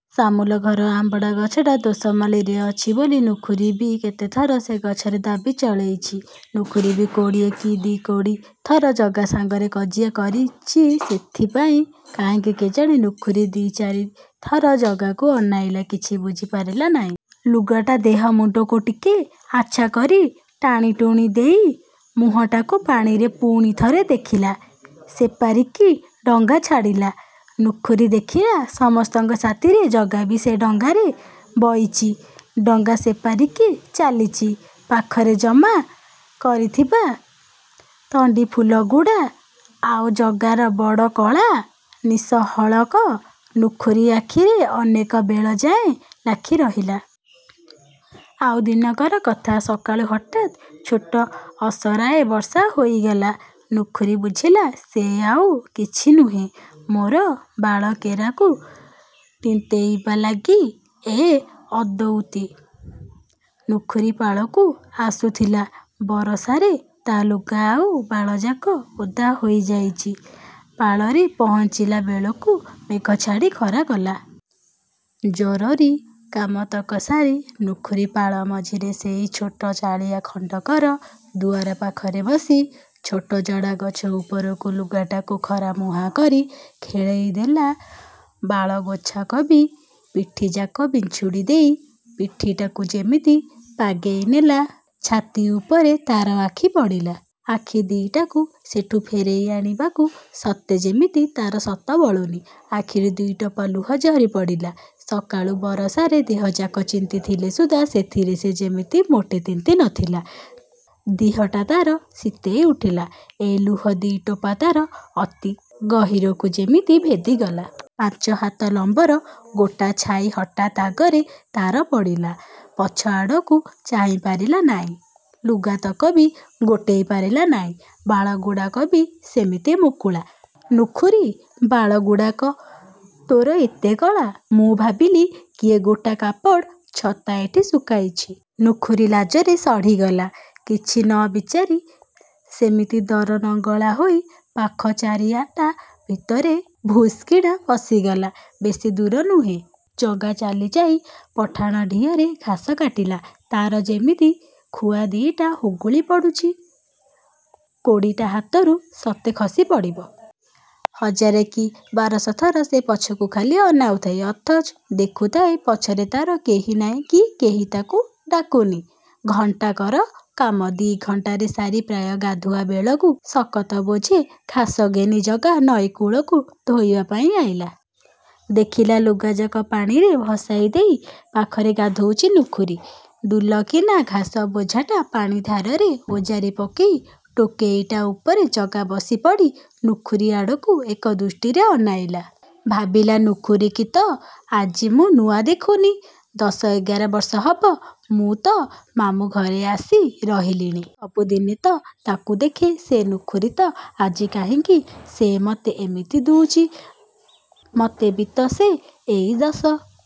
ସାମୁଲଘର ଆମ୍ବଡ଼ାଗଛଟା ଦୋସମାଲିରେ ଅଛି ବୋଲି ନୁଖିୁରୀ ବି କେତେଥର ସେ ଗଛରେ ଦାବୀ ଚଳେଇଚି। ନୁଖୁରୀ ବି କୋଡ଼ିଏ କି ଦି କୋଡ଼ି ଥର ଜଗା ସାଙ୍ଗରେ କଜିଆ କରିଚି ସେଥିପାଇଁ। କାହିଁକି କେଜାଣି, ନୁଖୁରୀ ଦି ଚାରିଥର ଜଗାକୁ ଅନେଇଲା। କିଛି ବୁଝିପାରିଲା ନାହିଁ। ଲୁଗାଟା ଦିହମୁଣ୍ଡକୁ ଟିକେ ଆଚ୍ଛା କରି ଟାଣିଟୁଣି ଦେଇ ମୁଁହଟାକୁ ପାଣିରେ ପୁଣି ଥରେ ଦେଖିଲା। ସେପାରିକି ଡଙ୍ଗା ଛାଡ଼ିଲା। ନୁଖୁରୀ ଦେଖିଲା ସମସ୍ତଙ୍କ ସାଥିରେ ଜଗା ବି ସେ ଡଙ୍ଗାରେ ବଇଚି–ଡଙ୍ଗା ସେପାରିକି ଚାଲିଚି। ପାଖରେ ଜମା କରିଥିବା ତଣ୍ଡିଫୁଲଗୁଡ଼ା ଆଉ ଜଗାର ବଡ଼ କଳା ନିଶହଳକ ନୁଖୁରୀ ଆଖିରେ ଅନେକ ବେଳଯାଏ ଲାଖି ରହିଲା। ଆଉ ଦିନକର କଥା। ସକାଳୁ ହଠାତ୍ ଛୋଟ ଅସରାଏ ବର୍ଷା ହୋଇଗଲା। ନୁଖୁରୀ ବୁଝିଲା, ସେ ଆଉ କିଛି ନୁହେଁ, ମୋର ବାଳ କେରାକୁ ତିନ୍ତେଇବା ଲାଗି ଏ ଅଦଉତି। ନୁଖୁରୀ ପାଳକୁ ଆସୁଥିଲା। ବରଷାରେ ତା ଲୁଗା ଆଉ ବାଳଯାକ ଓଦା ହୋଇଯାଇଚି-। ପାଳରେ ପହଞ୍ଚିଲାବେଳକୁ ମେଘ ଛାଡ଼ି ଖରାକଲା। ଜରୋରି କାମତକ ସାରି ନୁଖୁରୀ ପାଳ ମଝିରେ ସେଇ ଛୋଟ ଚାଳିଆ ଖଣ୍ଡିକର ଦୁଆର ପାଖରେ ବସି ଛୋଟ ଜଡ଼ାଗଛ ଉପରକୁ ଲୁଗାଟାକୁ ଖରାମୁହା କରି ଖେଳେଇ ଦେଲା–ବାଳ ଗୋଛାକ ବି ପିଠିଯାକ ବିଂଛୁଡ଼ି ଦେଇ ପିଠିଟାକୁ ଯେମିତି ପାଗେଇ ନେଲା। ଛାତି ଉପରେ ତାର ଆଖି ପଡ଼ିଲା। ଆଖି ଦିଟାକୁ ସେଠୁ ଫେରେଇ ଆଣିବାକୁ ସତେ ଯେମିତି ତାର ସତ ବଳୁନି। ଆଖିରୁ ଦି ଟୋପା ଲୁହ ଝରି ପଡ଼ିଲା। ସକାଳୁ ବରଷାରେ ଦେହଯାକ ଚିନ୍ତିଥିଲେ ସୁଦ୍ଧା ସେଥିରେ ସେ ଯେମିତି ମୋଟେ ତିନ୍ତି ନ ଥିଲା। ଦିହଟା ତାର ଶୀତେଇ ଉଠିଲା, ଏ ଲୁହ ଦି ଟୋପା ତାର ଅତି ଗହୀରକୁ ଯେମିତି ଭେଦିଗଲା। ପାଞ୍ଚ ହାତ ଲମ୍ବର ଗୋଟା ଛାଇ ହଠାତ୍ ଆଗରେ ତାର ପଡ଼ିଲା, ପଛଆଡ଼କୁ ଚାହିଁ ପାରିଲା ନାଇଁ ଲୁଗାତକ ବି ଗୋଟେଇ ପାରିଲା ନାଇଁ–ବାଳଗୁଡ଼ାକ ବି ସେମିତି ମୁକୁଳା। –ନୁଖୁରୀ ବାଳଗୁଡ଼ାକ ତୋର ଏଡ଼େ କଳା! ମୁଁ ଭାବିଲି କିଏ ଗୋଟା କାପଡ଼୍ ଛତା ଏଠି ଶୁଖେଇଚି। ନୁଖୁରୀ ଲାଜରେ ସଢ଼ିଗଲା। କିଛି ନ ବିଚାରି, ସେମିତି ଦରନଙ୍ଗଳା ହୋଇ ପାଖ ଚାଳିଆଟା ଭିତରେ ଭୁଷ୍କିନା ପଶିଗଲା। ବେଶି ଦୂର ନୁହେଁ। ଜଗା ଚାଲିଯାଇ ପଠାଣ ଡିହରେ ଘାସ କାଟିଲା। ତାର ଯେମିତି ଖୁଆ ଦି'ଟା ହୁଗୁଳି ପଡ଼ୁଚି। କୋଡ଼ିଟା ହାତରୁ ସତେ ଖସି ପଡ଼ିବ! ହଜାର କି ବାରଶ ଥର ସେ ପଛକୁ ଖାଲି ଅନଉଥାଏ–ଅଥଚ ଦେଖୁଥାଏ ପଛରେ ତାର କେହି ନାହିଁ କି କେହି ତାକୁ ଡାକୁ ନି। ଘଣ୍ଟାକର କାମ ଦି ଘଣ୍ଟାରେ ସାରି ପ୍ରାୟ ଗାଧୁଆ ବେଳକୁ ଶକତ ବୋଝେ ଘାସ ଘେନି ଜଗା ନଈକୂଳକୁ ଧୋଇବା ପାଇଁ ଆଇଲା। ଦେଖିଲା, ଲୁଗାଯାକ ପାଣିରେ ଭସେଇ ଦେଇ ପାଖରେ ଗାଧୋଉଚି ନୁଖୁରୀ। ଦୁଲକିନା ଘାସ ବୋଝଟା ପାଣି ଧାରରେ ଓଜାରି ପକେଇ ଟୋକେଇଟା ଉପରେ ଜଗା ବସିପଡ଼ି ନୁଖୁରୀଆଡ଼କୁ ଏକ ଦୃଷ୍ଟିରେ ଅନେଇଲା। ଭାବିଲା, ନୁଖୁରୀକି ତ ଆଜି ମୁଁ ନୂଆ ଦେଖୁନି, ଦଶ ଏଗାର ବର୍ଷ ହବ ମୁଁ ତ ମାମୁଁ ଘରେ ଆସି ରହିଲିଣି। ସବୁଦିନେ ତ ତାକୁ ଦେଖେ, ସେହି ନୁଖୁରୀ ତ, ଆଜି କାହିଁକି ସେ ମୋତେ ଏମିତି ଦୁଉଚି! ମତେ ବି ତ ସେ ଏଇ ଦଶ